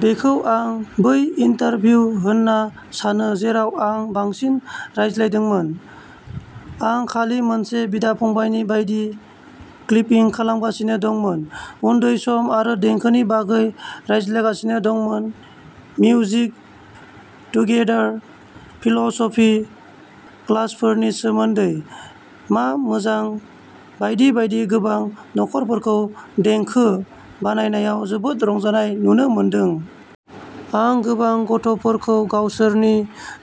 बेखौ आं बै इन्टारभिउ होनना सानो जेराव आं बांसिन रायज्लायदोंमोन। आं खालि मोनसे बिदा-फंबायनि बायदि क्लिपिं खालामगासिनो दंमोन, उन्दै सम आरो देंखोनि बागै रायलायगासिनो दंमोन, मिउजिक टुगेदार फिल'सफी, क्लासफोरनि सोमोन्दै मा मोजां बायदि बायदि गोबां नखरफोरखौ देंखो बानायनायाव जोबोद रंजानाय नुनो मोनदों। आं गोबां गथ'फोरखौ गावसोरनि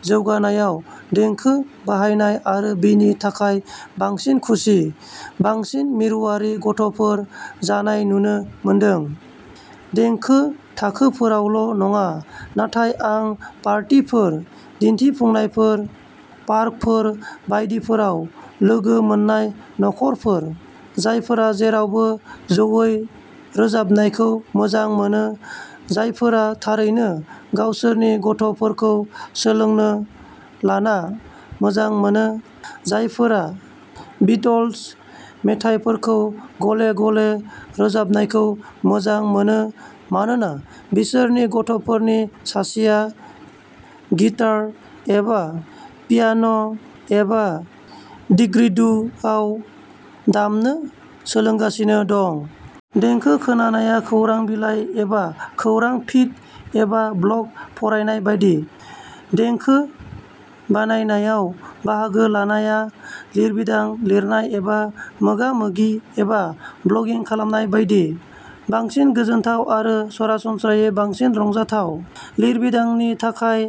जौगानायाव देंखो बाहायनाय आरो बेनि थाखाय बांसिन खुसि, बांसिन मिरुआरि गथ'फोर जानाय नुनो मोनदों। देंखो थाखोफोरावल' नङा, नाथाय आं पार्टीफोर, दिन्थिफुंनायफोर, पार्कफोर बायदिफोराव लोगो मोन्नाय नखरफोर, जायफोरा जेरावबो ज'यै रोजाबनायखौ मोजां मोनो, जायफोरा थारैनो गावसोरनि गथ'फोरखौ सोलोंनो लाना मोजां मोनो, जायफोरा बीटल्स मेथाइफोरखौ गले-गले रोजाबनायखौ मोजां मोनो मानोना बिसोरनि गथ'फोरनि सासेया गिटार, एबा पियान' एबा डिगग्रीडुआव दामनो सोलोंगासिनो दं। देंखो खोनानाया खौरां बिलाइ एबा खौरां फिड एबा ब्लग फरायनाय बायदि। देंखो बानायनायाव बाहागो लानायआ लिरबिदां लिरनाय एबा मोगा-मोगि एबा ब्लगिं खालामनाय बायदि, बांसिन गोजोनथाव आरो सरासनस्रायै बांसिन रंजाथाव। लिरबिदांनि थाखाय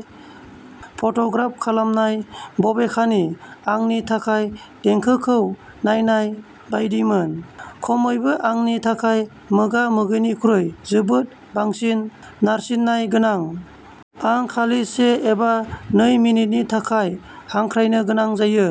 फट' ग्राफ खालामनाय, बबेखानि, आंनि थाखाय देंखोखौ नायनाय बायदिमोन, खमैबो आंनि थाखाय मोगा-मोगिनिख्रुइ जोबोद बांसिन नारसिननाय गोनां। आं खालि से एबा नै मिनिटनि थाखाय हांख्रायनो गोनां जायो।